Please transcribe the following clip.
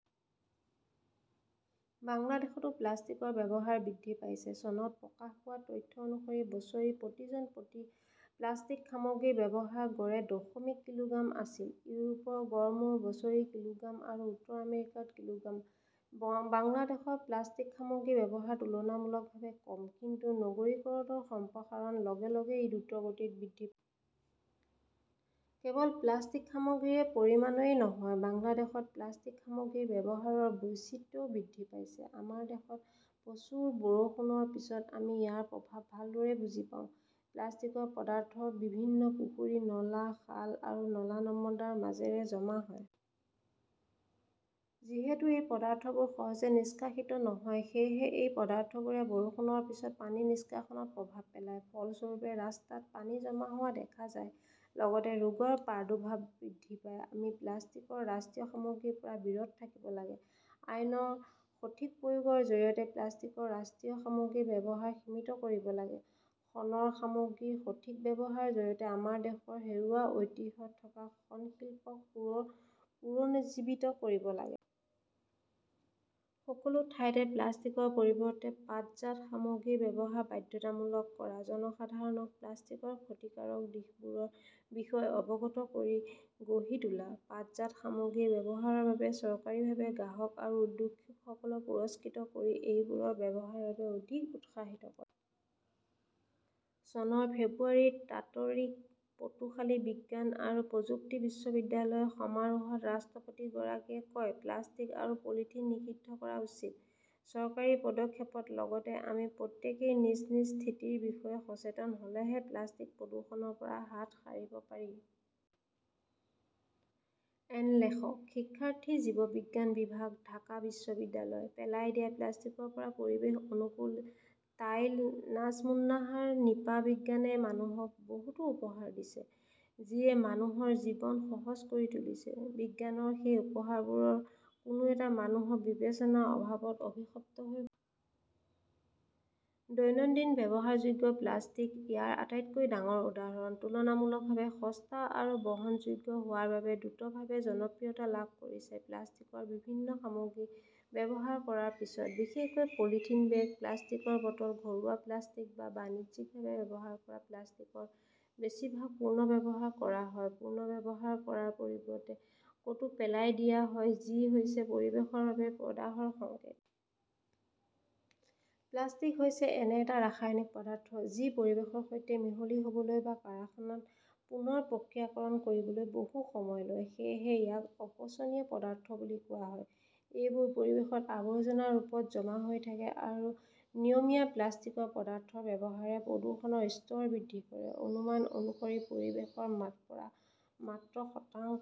বাংলাদেশতো প্লাষ্টিকৰ ব্যৱহাৰ বৃদ্ধি পাইছে। চনত প্ৰকাশ পোৱা তথ্য অনুসৰি বছৰি প্ৰতি জন প্ৰতি প্লাষ্টিক সামগ্ৰীৰ ব্যৱহাৰ গড়ে দশমিক কিলোগ্ৰাম আছিল। ইউৰোপৰ গড় মূৰ বছৰি কিলোগ্ৰাম আৰু উত্তৰ আমেৰিকাত কিলোগ্ৰাম। বাংলাদেশত প্লাষ্টিক সামগ্ৰীৰ ব্যৱহাৰ তুলনামূলকভাৱে কম, কিন্তু নগৰীকৰণৰ সম্প্ৰসাৰণৰ লগে লগে ই দ্ৰুতগতিত বৃদ্ধি পাইছে। কেৱল প্লাষ্টিক সামগ্ৰীৰ পৰিমাণই নহয়, বাংলাদেশত প্লাষ্টিক সামগ্ৰীৰ ব্যৱহাৰৰ বৈচিত্ৰ্যও বৃদ্ধি পাইছে। আমাৰ দেশত প্ৰচুৰ বৰষুণৰ পিছত আমি ইয়াৰ প্ৰভাৱ ভালদৰে বুজি পাওঁ। প্লাষ্টিকৰ পদাৰ্থ বিভিন্ন পুখুৰী, নলা, খাল আৰু নলা-নৰ্দমাৰ মাজেৰে জমা হয়। যিহেতু এই পদাৰ্থবোৰ সহজে নিষ্কাশিত নহয়, সেয়েহে এই পদাৰ্থবোৰে বৰষুণৰ পিছত পানী নিষ্কাশনত প্ৰভাৱ পেলায়। ফলস্বৰূপে, ৰাস্তাত পানী জমা হোৱা দেখা যায়, লগতে ৰোগৰ প্ৰাদুৰ্ভাৱ বৃদ্ধি পায়। আমি প্লাষ্টিকৰ ৰাষ্ট্ৰীয় সামগ্ৰীৰ পৰা বিৰত থাকিব লাগে, আইনৰ সঠিক প্ৰয়োগৰ জৰিয়তে প্লাষ্টিকৰ ৰাষ্ট্ৰীয় সামগ্ৰীৰ ব্যৱহাৰ সীমিত কৰিব লাগে, শণৰ সামগ্ৰীৰ সঠিক ব্যৱহাৰৰ জৰিয়তে আমাৰ দেশৰ হেৰুওৱা ঐতিহ্য থকা শণ শিল্পক পুনৰুজ্জীৱিত কৰিব লাগে। সকলো ঠাইতে প্লাষ্টিকৰ পৰিৱৰ্তে পাটজাত সামগ্ৰীৰ ব্যৱহাৰ বাধ্যতামূলক কৰা, জনসাধাৰণক প্লাষ্টিকৰ ক্ষতিকাৰক দিশবোৰৰ বিষয়ে অৱগত কৰি গঢ়ি তোলা, পাটজাত সামগ্ৰীৰ ব্যৱহাৰৰ বাবে চৰকাৰীভাৱে গ্ৰাহক আৰু উদ্যোগীসকলক পুৰস্কৃত কৰি এইবোৰৰ ব্যৱহাৰৰ বাবে অধিক উৎসাহিত কৰা। চনৰ ফেব্ৰুৱাৰীত তাতৰিক পটুখালি বিজ্ঞান আৰু প্ৰযুক্তি বিশ্ববিদ্যালয়ৰ য় সমাৰোহত ৰাষ্ট্ৰপতিগৰাকীয়ে কয়, 'প্লাষ্টিক আৰু পলিথিন নিষিদ্ধ কৰা উচিত "। চৰকাৰী পদক্ষেপৰ লগতে আমি প্ৰত্যেকেই নিজ নিজ স্থিতিৰ বিষয়ে সচেতন হ "লেহে প্লাষ্টিক প্ৰদূষণৰ পৰা হাত সাৰিব পাৰি। এন লেখকঃ শিক্ষাৰ্থী, জীৱবিজ্ঞান বিভাগ, ঢাকা বিশ্ববিদ্যালয়। পেলাই দিয়া প্লাষ্টিকৰ পৰা পৰিৱেশ অনুকূল টাইল নাজমুন্নাহাৰ নিপা বিজ্ঞানে মানুহক বহুতো উপহাৰ দিছে, যিয়ে মানুহৰ জীৱন সহজ কৰি তুলিছে। বিজ্ঞানৰ সেই উপহাৰবোৰৰ কোনো এটা মানুহৰ বিবেচনাৰ অভাৱত অভিশপ্ত হৈ পৰিছে। দৈনন্দিন ব্যৱহাৰযোগ্য প্লাষ্টিক ইয়াৰ আটাইতকৈ ডাঙৰ উদাহৰণ। তুলনামূলকভাৱে সস্তা আৰু বহনযোগ্য হোৱাৰ বাবে দ্ৰুতভাৱে জনপ্ৰিয়তা লাভ কৰিছে। প্লাষ্টিকৰ বিভিন্ন সামগ্ৰী ব্যৱহাৰ কৰাৰ পিছত, বিশেষকৈ পলিথিন বেগ, প্লাষ্টিকৰ বটল, ঘৰুৱা প্লাষ্টিক বা বাণিজ্যিকভাৱে ব্যৱহাৰ কৰা প্লাষ্টিকৰ বেছিভাগ পুনৰ্ব্যৱহাৰ কৰা হয়, পুনৰ্ব্যৱহাৰ কৰাৰ পৰিৱৰ্তে ক "তো পেলাই দিয়া হয়-যি হৈছে পৰিৱেশৰ বাবে প্ৰদাহৰ সংকেত। প্লাষ্টিক হৈছে এনে এটা ৰাসায়নিক পদাৰ্থ যি পৰিৱেশৰ সৈতে মিহলি হ 'বলৈ বা কাৰখানাত পুনৰ প্ৰক্ৰিয়াকৰণ কৰিবলৈ বহু সময় লয়। সেয়েহে ইয়াক 'অপচনীয় পদাৰ্থ "বুলি কোৱা হয়। এইবোৰ পৰিৱেশত আৱৰ্জনাৰ ৰূপত জমা হৈ থাকে আৰু নিয়মীয়া প্লাষ্টিকৰ পদাৰ্থৰ ব্যৱহাৰে প্ৰদূষণৰ স্তৰ বৃদ্ধি কৰে। অনুমান অনুসৰি, পৰিৱেশৰ পৰা মাত্ৰ শতাংশ